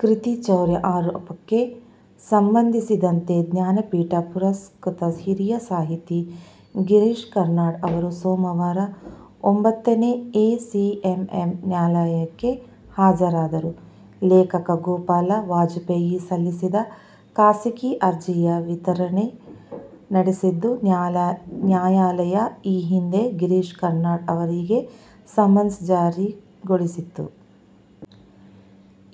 ಕೃತಿ ಚೌರ್ಯ ಆರೋಪಕ್ಕೆ ಸಂಬಂಧಿಸಿದಂತೆ ಜ್ಞಾನಪೀಠ ಪುರಸ್ಕೃತ ಹಿರಿಯ ಸಾಹಿತಿ ಗಿರೀಶ್ ಕಾರ್ನಾಡ್ ಅವರು ಸೋಮವಾರ ಒಂಬತ್ತನೇ ಎ ಸಿ ಎಂ ಎಂ ನ್ಯಾಯಾಲಯಕ್ಕೆ ಹಾಜರಾದರು. ಲೇಖಕ ಗೋಪಾಲ ವಾಜಪೇಯಿ ಸಲ್ಲಿಸಿದ ಖಾಸಗಿ ಅರ್ಜಿಯ ವಿಚಾರಣೆ ನಡೆಸಿದ್ದ ನ್ಯಾಯಾಲಯ ಈ ಹಿಂದೆ ಗಿರೀಶ್ ಕಾರ್ನಾಡ್ ಅವರಿಗೆ ಸಮನ್ಸ್ ಜಾರಿ ಗೊಳಿಸಿತ್ತು.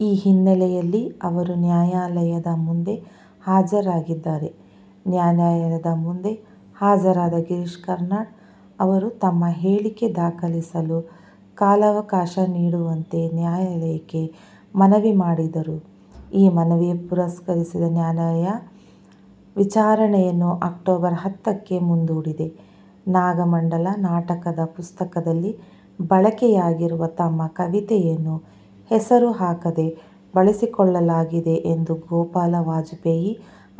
ಈ ಹಿನ್ನೆಲೆಯಲ್ಲಿ ಅವರು ನ್ಯಾಯಾಲಯದ ಮುಂದೆ ಹಾಜರಾಗಿದ್ದಾರೆ. ನ್ಯಾಯಾಲಯದ ಮುಂದೆ ಹಾಜರಾದ ಗಿರೀಶ್ ಕಾರ್ನಾಡ್ ಅವರು ತಮ್ಮ ಹೇಳಿಕೆ ದಾಖಲಿಸಲು ಕಾಲಾವಕಾಶ ನೀಡುವಂತೆ ನ್ಯಾಯಾಲಯಕ್ಕೆ ಮನವಿ ಮಾಡಿದರು. ಈ ಮನವಿ ಪುರಸ್ಕರಿಸಿದ ನ್ಯಾಯಾಲಯ ವಿಚಾರಣೆಯನ್ನು ಅಕ್ಟೋಬರ್ ಹತ್ತ ಕ್ಕೆ ಮುಂದೂಡಿದೆ. ನಾಗಮಂಡಲ ನಾಟಕದ ಪುಸ್ತಕದಲ್ಲಿ ಬಳಕೆಯಾಗಿರುವ ತಮ್ಮ ಕವಿತೆಯೊಂದನ್ನು ಹೆಸರು ಹಾಕದೆ ಬಳಸಿಕೊಳ್ಳಲಾಗಿದೆ ಎಂದು ಗೋಪಾಲ ವಾಜಪೇಯಿ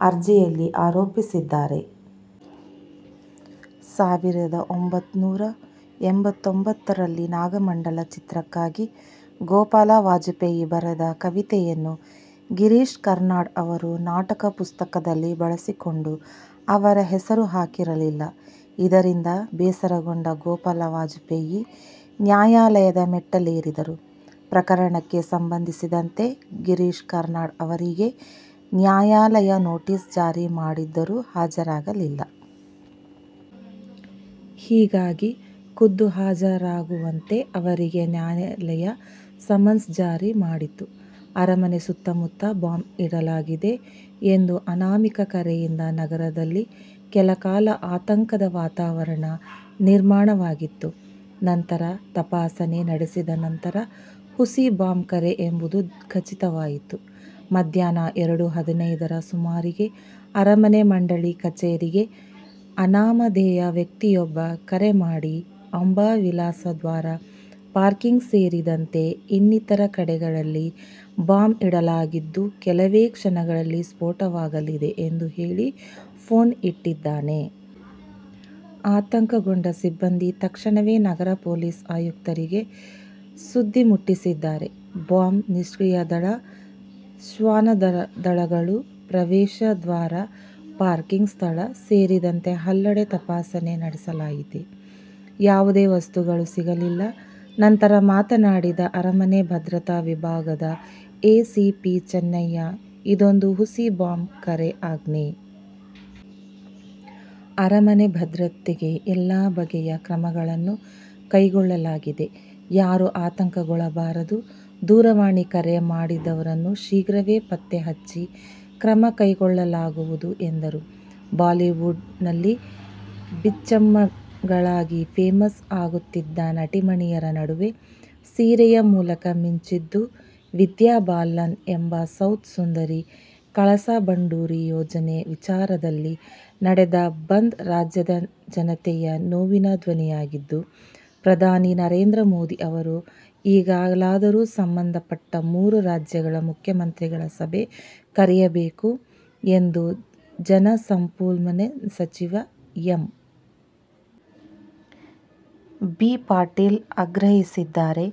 ಅರ್ಜಿಯಲ್ಲಿ ಆರೋಪಿಸಿದ್ದಾರೆ. ಸಾವಿರದ ಒಂಬೈನೂರ ಎಂಬತ್ತೊಂಬತ್ತರಲ್ಲಿ ನಾಗಮಂಡಲ ಚಿತ್ರಕ್ಕಾಗಿ ಗೋಪಾಲ ವಾಜಪೇಯಿ ಬರೆದ ಕವಿತೆಯನ್ನು ಗಿರೀಶ್ ಕಾರ್ನಾಡ್ ಅವರು ನಾಟಕ ಪುಸ್ತಕದಲ್ಲಿ ಬಳಸಿಕೊಂಡು ಅವರ ಹೆಸರು ಹಾಕಿರಲಿಲ್ಲ. ಇದರಿಂದ ಬೇಸರಗೊಂಡ ಗೋಪಾಲ ವಾಜಪೇಯಿ ನ್ಯಾಯಾಲಯದ ಮೆಟ್ಟಿಲೇರಿದ್ದರು. ಪ್ರಕರಣಕ್ಕೆ ಸಂಬಂಧಿಸಿದಂತೆ ಗಿರೀಶ್ ಕಾರ್ನಾಡ್ ಅವರಿಗೆ ನ್ಯಾಯಾಲಯ ನೊಟೀಸ್ ಜಾರಿ ಮಾಡಿದ್ದರೂ ಹಾಜರಾಗಿರಲಿಲ್ಲ. ಹೀಗಾಗಿ ಖುದ್ದು ಹಾಜರಾಗುವಂತೆ ಅವರಿಗೆ ನ್ಯಾಯಾಲಯ ಸಮನ್ಸ್ ಜಾರಿ ಮಾಡಿತ್ತು. ಅರಮನೆ ಸುತ್ತಮುತ್ತ ಬಾಂಬ್ ಇಡಲಾಗಿದೆ ಎಂಬ ಅನಾಮಿಕ ಕರೆಯಿಂದಾಗಿ ನಗರದಲ್ಲಿ ಕೆಲಕಾಲ ಆತಂಕದ ವಾತಾವರಣ ನಿರ್ಮಾಣವಾಗಿತ್ತು. ನಂತರ ತಪಾಸಣೆ ನಡೆಸಿದ ನಂತರ ಹುಸಿ ಬಾಂಬ್ ಕರೆ ಎಂಬುದು ಖಚಿತವಾಯಿತು. ಮಧ್ಯಾಹ್ನ ಎರಡು ಹದಿನೈದರ ಸುಮಾರಿಗೆ ಅರಮನೆ ಮಂಡಳಿ ಕಚೇರಿಗೆ ಅನಾಮಧೇಯ ವ್ಯಕ್ತಿಯೊಬ್ಬ ಕರೆ ಮಾಡಿ ಅಂಬಾವಿಲಾಸ ದ್ವಾರ, ಪಾರ್ಕಿಂಗ್ ಸೇರಿದಂತೆ ಇನ್ನಿತರ ಕಡೆಗಳಲ್ಲಿ ಬಾಂಬ್ ಇಡಲಾಗಿದ್ದು, ಕೆಲವೇ ಕ್ಷಣಗಳಲ್ಲಿ ಸ್ಫೋಟವಾಗಲಿದೆ ಎಂದು ಹೇಳಿ ಫೋನ್ ಇಟ್ಟಿದ್ದಾನೆ. ಆತಂಕಗೊಂಡ ಸಿಬ್ಬಂದಿ ತಕ್ಷಣವೇ ನಗರ ಪೊಲೀಸ್ ಆಯುಕ್ತರಿಗೆ ಸುದ್ದಿ ಮುಟ್ಟಿಸಿದ್ದಾರೆ. ಬಾಂಬ್ ನಿಷ್ಕ್ರಿಯ ದಳ, ಶ್ವಾನ ದಳಗಳು ಪ್ರವೇಶ ದ್ವಾರ, ಪಾರ್ಕಿಂಗ್ ಸ್ಥಳ ಸೇರಿದಂತೆ ಎಲ್ಲೆಡೆ ತಪಾಸಣೆ ನಡೆಸಲಾಯಿತು. ಯಾವುದೇ ವಸ್ತುಗಳು ಸಿಗಲಿಲ್ಲ. ನಂತರ ಮಾತನಾಡಿದ ಅರಮನೆ ಭದ್ರತಾ ವಿಭಾಗದ ಎ ಸಿ ಪಿ ಚನ್ನಯ್ಯ, ಇದೊಂದು ಹುಸಿ ಬಾಂಬ್ ಕರೆ ಅಷ್ಟೆ. ಅರಮನೆ ಭದ್ರತೆಗೆ ಎಲ್ಲ ಬಗೆಯ ಕ್ರಮಗಳನ್ನು ಕೈಗೊಳ್ಳಲಾಗಿದೆ. ಯಾರು ಆತಂಕಗೊಳ್ಳಬಾರದು. ದೂರವಾಣಿ ಕರೆ ಮಾಡಿದವರನ್ನು ಶೀಘ್ರವೇ ಪತ್ತೆ ಹಚ್ಚಿ ಕ್ರಮ ಕೈಗೊಳ್ಳಲಾಗುವುದು ಎಂದರು. ಬಾಲಿವುಡ್'ನಲ್ಲಿ ಬಿಚ್ಚಮ್ಮಗಳಾಗಿ ಫೇಮಸ್ ಆಗುತ್ತಿದ್ದ ನಟಿಮಣಿಯರ ನಡುವೆ ಸೀರೆಯ ಮೂಲಕ ಮಿಂಚಿದ್ದು ವಿದ್ಯಾ ಬಾಲನ್ ಎಂಬ ಸೌತ್ ಸುಂದರಿ. ಕಳಸಾ-ಬಂಡೂರಿ ಯೋಜನೆ ವಿಚಾರದಲ್ಲಿ ನಡೆದ ಬಂದ್ ರಾಜ್ಯದ ಜನತೆಯ ನೋವಿನ ಧ್ವನಿಯಾಗಿದ್ದು, ಪ್ರಧಾನಿ ನರೇಂದ್ರ ಮೋದಿ ಅವರು ಈಗಲಾದರೂ ಸಂಬಂಧಪಟ್ಟ ಮೂರೂ ರಾಜ್ಯಗಳ ಮುಖ್ಯಮಂತ್ರಿಗಳ ಸಭೆ ಕರೆಯಬೇಕು ಎಂದು ಜಲಸಂಪನ್ಮೂಲ ಸಚಿವ ಎಂ. ಬಿ. ಪಾಟೀಲ್ ಆಗ್ರಹಿಸಿದ್ದಾರೆ.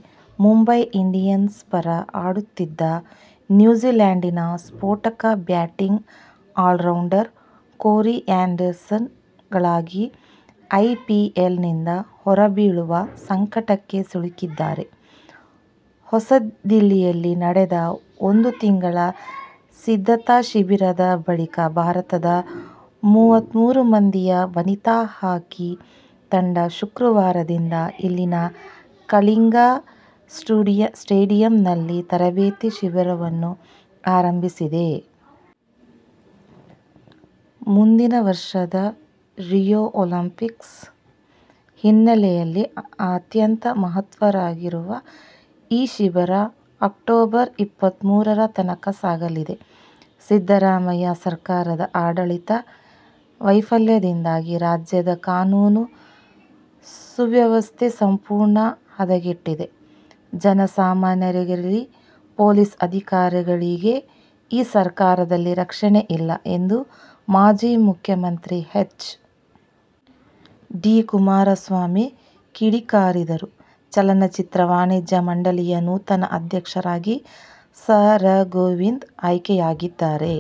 ಮುಂಬೈ ಇಂಡಿಯನ್ಸ್ ಪರ ಆಡುತ್ತಿದ್ದ ನ್ಯೂಜಿಲ್ಯಾಂಡಿನ ಸ್ಫೋಟಕ ಬ್ಯಾಟಿಂಗ್ ಆಲ್ರೌಂಡರ್ ಕೋರಿ ಆ್ಯಂಡರ್ಸನ್ ಗಾಯಾಳಾಗಿ ಐ ಪಿ ಎಲ್ ನಿಂದ ಹೊರಬೀಳುವ ಸಂಕಟಕ್ಕೆ ಸಿಲುಕಿದ್ದಾರೆ. ಹೊಸದಿಲ್ಲಿಯಲ್ಲಿ ನಡೆದ ಒಂದು ತಿಂಗಳ ಸಿದ್ಧತಾ ಶಿಬಿರದ ಬಳಿಕ ಭಾರತದ ಮೂವತ್ಮೂರು ಮಂದಿಯ ವನಿತಾ ಹಾಕಿ ತಂಡ ಶುಕ್ರವಾರದಿಂದ ಇಲ್ಲಿನ "ಕಳಿಂಗಾ ಸ್ಟೇಡಿಯಂ'ನಲ್ಲಿ ತರಬೇತಿ ಶಿಬಿರವನ್ನು ಆರಂಭಿಸಿದೆ. ಮುಂದಿನ ವರ್ಷದ ರಿಯೋ ಒಲಿಂಪಿಕ್ಸ್ ಹಿನ್ನೆಲೆಯಲ್ಲಿ ಅತ್ಯಂತ ಮಹತ್ವದ್ದಾಗಿರುವ ಈ ಶಿಬಿರ ಅಕ್ಟೋಬರ್ ಇಪ್ಪತ್ಮೂರರ ತನಕ ಸಾಗಲಿದೆ. ಸಿದ್ದರಾಮಯ್ಯ ಸರ್ಕಾರದ ಆಡಳಿತ ವೈಫಲ್ಯದಿಂದಾಗಿ ರಾಜ್ಯದಲ್ಲಿ ಕಾನೂನು ಸುವ್ಯವಸ್ಥೆ ಸಂಪೂರ್ಣ ಹದಗೆಟ್ಟಿದೆ, ಜನ ಸಾಮಾನ್ಯರಿಗಿರಲಿ ಪೊಲೀಸ್ ಅಧಿಕಾರಿಗಳಿಗೇ ಈ ಸರ್ಕಾರದಲ್ಲಿ ರಕ್ಷಣೆ ಇಲ್ಲ ಎಂದು ಮಾಜಿ ಮುಖ್ಯಮಂತ್ರಿ ಎಚ್. ಡಿ. ಕುಮಾರಸ್ವಾಮಿ ಕಿಡಿಕಾರಿದರು. ಚಲನಚಿತ್ರ ವಾಣಿಜ್ಯ ಮಂಡಳಿಯ ನೂತನ ಅಧ್ಯಕ್ಷರಾಗಿ ಸಾ. ರಾ ಗೋವಿಂದು ಆಯ್ಕೆಯಾಗಿದ್ದಾರೆ.